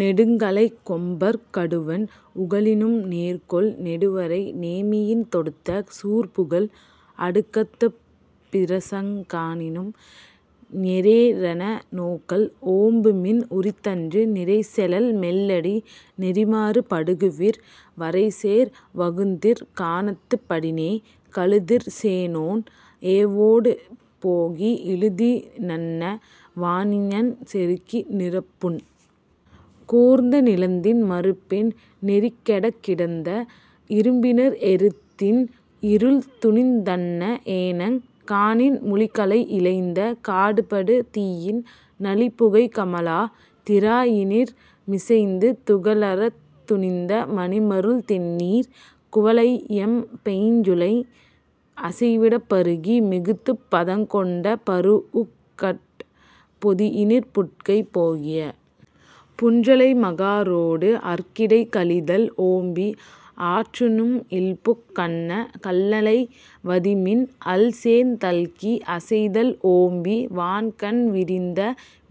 நெடுங்கழைக் கொம்பர்க் கடுவன் உகளினும் நேர்கொள் நெடுவரை நேமியின் தொடுத்த சூர்புகல் அடுக்கத்துப் பிரசங் காணினும் ஞெரேரென நோக்கல் ஓம்புமின் உரித்தன்று நிரைசெலல் மெல்லடி நெறிமாறு படுகுவிர் வரைசேர் வகுந்திற் கானத்துப் படினே கழுதிற் சேணோன் ஏவொடு போகி இழுதி னன்ன வானிணஞ் செருக்கி நிறப்புண் கூர்ந்த நிலந்தின் மருப்பின் நெறிக்கெடக் கிடந்த இரும்பிணர் எருத்தின் இருள்துணிந் தன்ன ஏனங் காணின் முளிகழை இழைந்த காடுபடு தீயின் நளிபுகை கமழா திறாயினிர் மிசைந்து துகளறத் துணிந்த மணிமருள் தெண்ணீர் குவளையம் பைஞ்சுனை அசைவிடப் பருகி மிகுத்துப் பதங்கொண்ட பரூஉக்கட் பொதியினிர் புட்கை போகிய புன்றலை மகாரோடு அற்கிடை கழிதல் ஓம்பி ஆற்றநும் இல்புக் கன்ன கல்லளை வதிமின் அல்சேர்ந் தல்கி அசைதல் ஓம்பி வான்கண் விரிந்த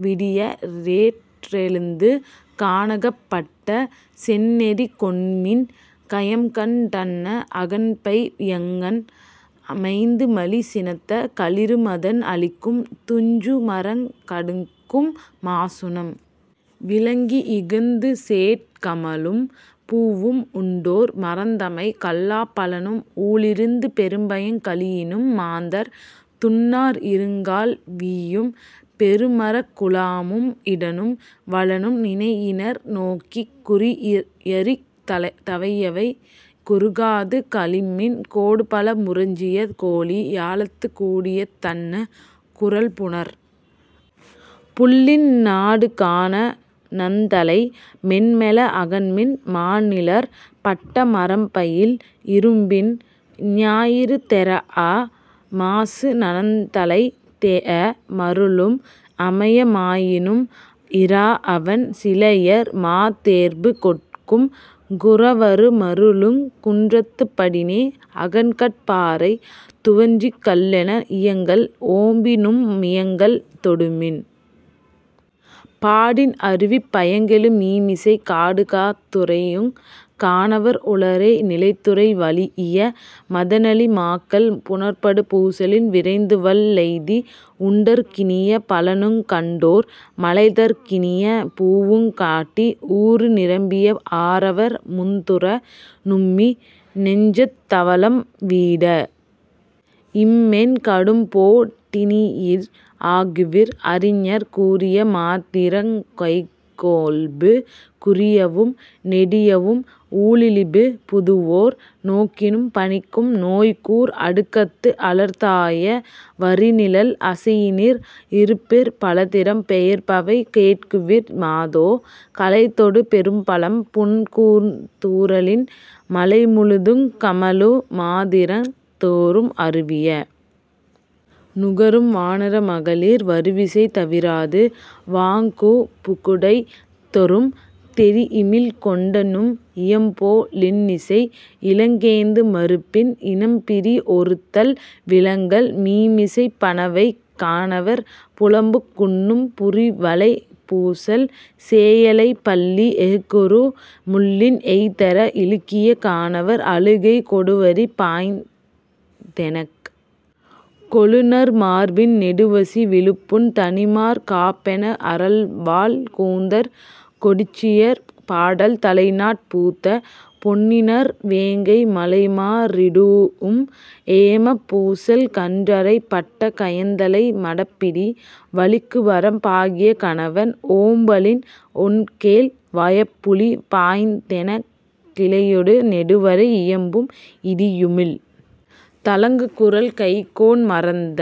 விடிய லேற்றெழுந்து கானகப் பட்ட செந்நெறிக் கொண்மின் கயம்கண் டன்ன அகன்பை யங்கண் மைந்துமலி சினத்த களிறுமதன் அழிக்கும் துஞ்சுமரங் கடுக்கும் மாசுணம் விலங்கி இகந்துசேட் கமழும் பூவும் உண்டோ ர் மறந்தமை கல்லாப் பழனும் ஊழிறந்து பெரும்பயங் கழியினும் மாந்தர் துன்னார் இருங்கால் வீயும் பெருமரக் குழாமும் இடனும் வலனும் நினையினர் நோக்கிக் குறியறிக் தவையவை குறுகாது கழிமின் கோடுபல முரஞ்சிய கோளி யாலத்துக் கூடியத் தன்ன குரல்புணர் புள்ளின் நாடுகா ணனந்தலை மென்மெல அகன்மின் மாநிழற் பட்ட மரம்பயில் இறும்பின் ஞாயிறு தெறாஅ மாசு நனந்தலைத் தேஎ மருளும் அமைய மாயினும் இறாஅவன் சிலையர் மாதேர்பு கொட்கும் குறவரு மருளுங் குன்றத்துப் படினே அகன்கட் பாறை துவன்றிக் கல்லென இயங்கல் ஓம்பிநும் மியங்கள் தொடுமின் பாடின் அருவிப் பயங்கெழு மீமிசைக் காடுகாத் துறையுங் கானவர் உளரே நிலைத்துறை வழீஇய மதனழி மாக்கள் புனற்படு பூசலின் விரைந்துவல் லெய்தி உண்டற் கினிய பழனுங் கண்டோ ர் மலைதற் கினிய பூவுங் காட்டி ஊறு நிரம்பிய ஆறவர் முந்துற நும்மி னெஞ்சத் தவலம் வீட இம்மென் கடும்போ டினியிர் ஆகுவிர் அறிஞர் கூறிய மாதிரங் கைக்கொள்பு குறியவும் நெடியவும் ஊழிழிபு புதுவோர் நோக்கினும் பனிக்கும் நோய்கூர் அடுக்கத்து அலர்தாய வரிநிழல் அசையினிர் இருப்பிற் பலதிறம் பெயர்பவை கேட்குவிர் மாதோ கலைதொடு பெரும்பழம் புண்கூர்ந் தூறலின் மலைமுழுதுங் கமழு மாதிரந் தோறும் அருவிய நுகரும் வானர மகளிர் வருவிசை தவிராது வாங்குபு குடைதொறும் தெரியிமிழ் கொண்டநும் இயம்போ லின்னிசை இலங்கேந்து மருப்பின் இனம்பிரி ஒருத்தல் விலங்கல் மீமிசைப் பணவைக் கானவர் புலம்புக் குண்ணும் புரிவளைப் பூசல் சேயளைப் பள்ளி எஃகுறு முள்ளின் எய்தெற இழுக்கிய கானவர் அழுகை கொடுவரி பாய்ந்தெனக் கொழுநர் மார்பின் நெடுவசி விழுப்புண் தணிமார் காப்பென அறல்வாழ் கூந்தற் கொடிச்சியர் பாடல் தலைநாட் பூத்த பொன்னிணர் வேங்கை மலைமா ரிடூஉம் ஏமப் பூசல் கன்றரைப் பட்ட கயந்தலை மடப்பிடி வலிக்குவரம் பாகிய கணவன் ஓம்பலின் ஒண்கேழ் வயப்புலி பாய்ந்தெனக் கிளையொடு நெடுவரை இயம்பும் இடியுமிழ் தழங்குகுரல் கைக்கோண் மறந்த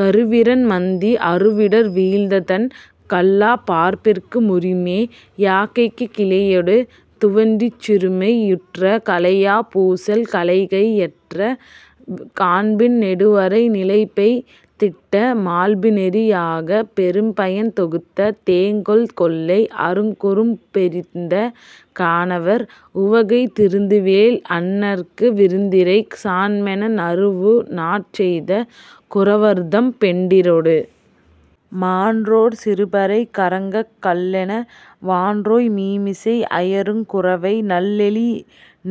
கருவிரன் மந்தி அருவிடர் வீழ்ந்ததன் கல்லாப் பார்ப்பிற்கு முறிமே யாக்கைக் கிளையொடு துவன்றிச் சிறுமை யுற்ற களையாப் பூசல் கலைகை யற்ற காண்பின் நெடுவரை நிலைபெய் திட்ட மால்புநெறி யாகப் பெரும்பயன் தொகுத்த தேங்கொள் கொள்ளை அருங்குறும் பெறிந்த கானவர் உவகை திருந்துவேல் அண்ணற்கு விருந்திறை சான்மென நறவுநாட் செய்த குறவர்தம் பெண்டிரொடு... மான்றோற் சிறுபறை கறங்கக் கல்லென வான்றோய் மீமிசை அயருங் குரவை நல்லெழி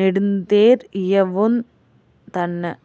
னெடுந்தேர் இயவுவந் தன்ன